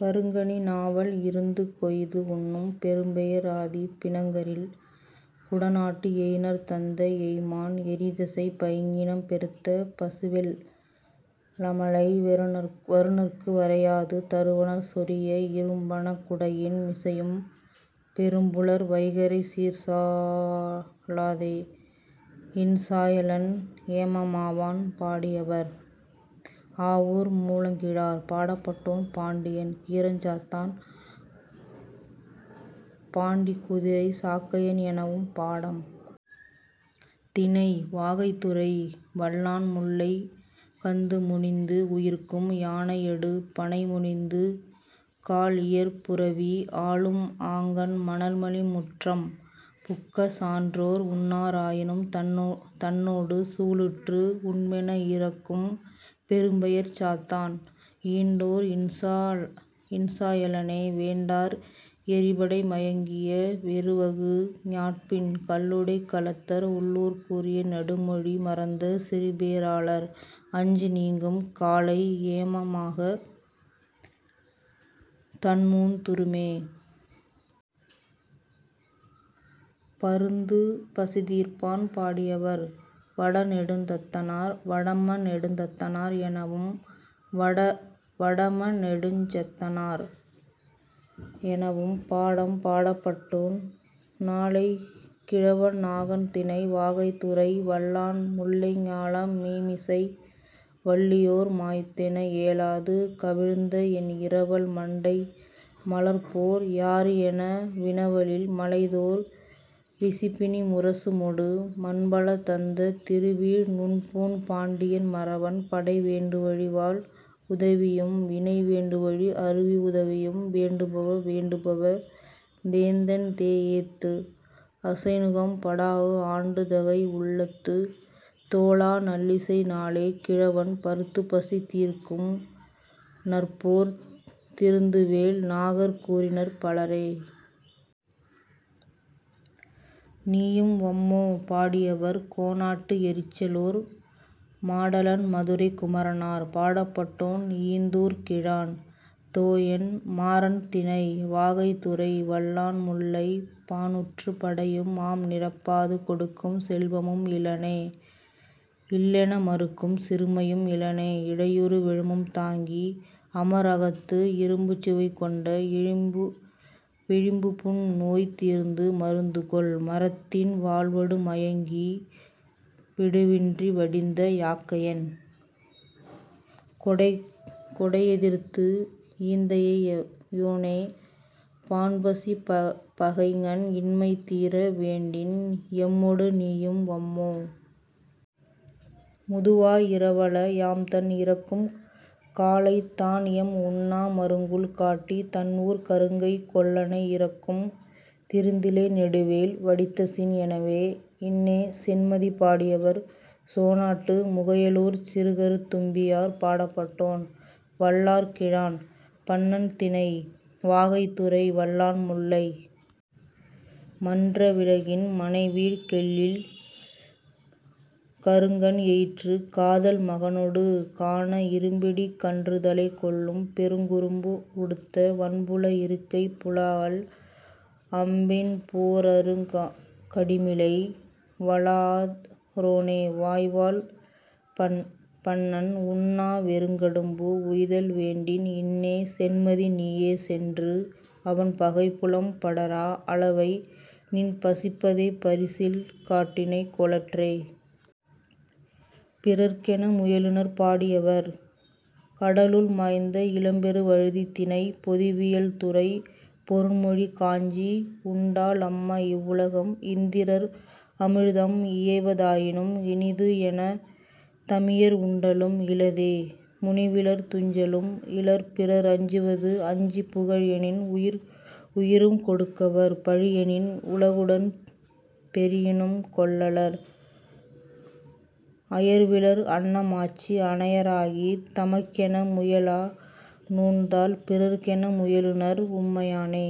கருங்கனி நாவல் இருந்துகொய்து உண்ணும், பெரும்பெயர் ஆதி, பிணங்கரில் குடநாட்டு, எயினர் தந்த எய்ம்மான் எறிதசைப் பைஞ்ஞிணம் பெருத்த பசுவெள் அமலை, வருநர்க்கு வரையாது தருவனர் சொரிய, இரும்பனங் குடையின் மிசையும் பெரும்புலர் வைகறைச் சீர்சா லாதே.. இன்சாயலன் ஏமமாவான்! பாடியவர்: ஆவூர் மூலங்கிழார் பாடப்பட்டோன்: பாண்டியன் கீரஞ்சாத்தன் பாண்டிக் குதிரைச் சாக்கையன் எனவும் பாடம். திணை: வாகை துறை: வல்லாண் முல்லை கந்துமுனிந்து உயிர்க்கும்யானையடு, பணைமுனிந்து, கால்இயற் புரவி ஆலும் ஆங்கண், மணல்மலி முற்றம் புக்க சான்றோர் உண்ணார் ஆயினும், தன்னொடு சூளுற்று உண்மென இரக்கும் பெரும்பெயர்ச் சாத்தன் ஈண்டோர் இன்சா யலனே; வேண்டார் எறிபடை மயங்கிய வெருவரு ஞாட்பின், கள்ளுடைக் கலத்தர் உள்ளூர்க் கூறிய நெடுமொழி மறந்த சிறுபே ராளர் அஞ்சி நீங்கும் காலை, ஏம மாகத் தன்முந் துறுமே.. பருந்து பசி தீர்ப்பான்! பாடியவர்: வடநெடுந்தத்தனார்; வடம நெடுந்தத்தனார் எனவும், வடம நெடுந்தச்சனார் எனவும் பாடம். பாடப்பட்டோன்: நாலை கிழவன் நாகன் திணை: வாகை துறை: வல்லாண் முல்லை ஞாலம் மீமிசை வள்ளியோர் மாய்ந் தென, ஏலாது கவிழ்ந்தஎன் இரவல் மண்டை மலர்ப்போர் யார்? ' என வினவலின் மலைந்தோர் விசிபிணி முரசமொடு மண்பல தந்த திருவீழ் நுண்பூண் பாண்டியன் மறவன், படை வேண்டுவழி வாள் உதவியும், வினை வேண்டுவழி அறிவு உதவியும், வேண்டுப வேண்டுப வேந்தன் தேஎத்து அசைநுகம் படாஅ ஆண்தகை உள்ளத்துத், தோலா நல்லிசை, நாலை கிழவன், பருந்துபசி தீர்க்கும் நற்போர்த் திருந்துவேல் நாகற் கூறினர், பலரே.. நீயும் வம்மோ! பாடியவர்: கோனாட்டு எறிச்சிலூர் மாடலன் மதுரைக் குமரனார். பாடப்பட்டோன்: ஈர்ந்தூர் கிழான் தோயன் மாறன். திணை: வாகை. துறை: வல்லாண்முல்லை; பாநூற்றுப் படையும் ஆம். நிரப்பாது கொடுக்கும் செல்வமும் இலனே; இல்லென மறுக்கும் சிறுமையும் இலனே; இறையுறு விழுமம் தாங்கி, அமர்அகத்து இரும்புசுவைக் கொண்ட விழுப்புண்நோய் தீர்ந்து, மருந்துகொள் மரத்தின் வாள்வடு மயங்கி, விடுவின்றி வடிந்த யாக்கையன், கொடையெதிர்ந்து, ஈர்ந்தை யோனே, பாண்பசிப் பகைஞன்; இன்மை தீர வேண்டின், எம்மொடு நீயும் வம்மோ? முதுவாய் இரவல! யாம்தன் இரக்கும் காலைத், தான்எம் உண்ணா மருங்குல் காட்டித், தன்ஊர்க் கருங்கைக் கொல்லனை இரக்கும், 'திருந்திலை நெடுவேல் வடித்திசின்' எனவே.. இன்னே சென்மதி! பாடியவர்: சோணாட்டு முகையலூர்ச் சிறுகருந் தும்பி யார். பாடப்பட்டோன்: வல்லார் கிழான் பண்ணன். திணை: வாகை. துறை: வல்லாண்முல்லை. மன்ற விளவின் மனைவீழ் வெள்ளில், கருங்கண் எயிற்றி காதல் மகனொடு, கான இரும்பிடிக் கன்றுதலைக் கொள்ளும் பெருங்குறும்பு உடுத்த வன்புல இருக்கைப், புலாஅல் அம்பின், போர்அருங் கடிமிளை, வலாஅ ரோனே, வாய்வாள் பண்ணன்; உண்ணா வறுங்கடும்பு உய்தல் வேண்டின், இன்னே சென்மதி, நீயே; சென்று, அவன் பகைப்புலம் படரா அளவை, நின் பசிப்பகைப் பரிசில் காட்டினை கொளற்கே.. பிறர்க்கென முயலுநர்! பாடியவர்: கடலுள் மாய்ந்த இளம்பெரு வழுதி திணை: பொதுவியல் துறை: பொருண்மொழிக் காஞ்சி உண்டால் அம்ம, இவ்வுலகம்; இந்திரர்; அமிழ்தம் இயைவ தாயினும், இனிதுஎனத் தமியர் உண்டலும் இலரே; முனிவிலர்! துஞ்சலும் இலர்; பிறர் அஞ்சுவது அஞ்சிப், புகழ்எனின், உயிருங் கொடுக்குவர், பழியெனின், உலகுடன் பெறினும், கொள்ளலர், அயர்விலர்; அன்ன மாட்சி அனைய ராகித், தமக்கென முயலா நோன்தாள், பிறர்க்கென முயலுநர் உண்மை யானே..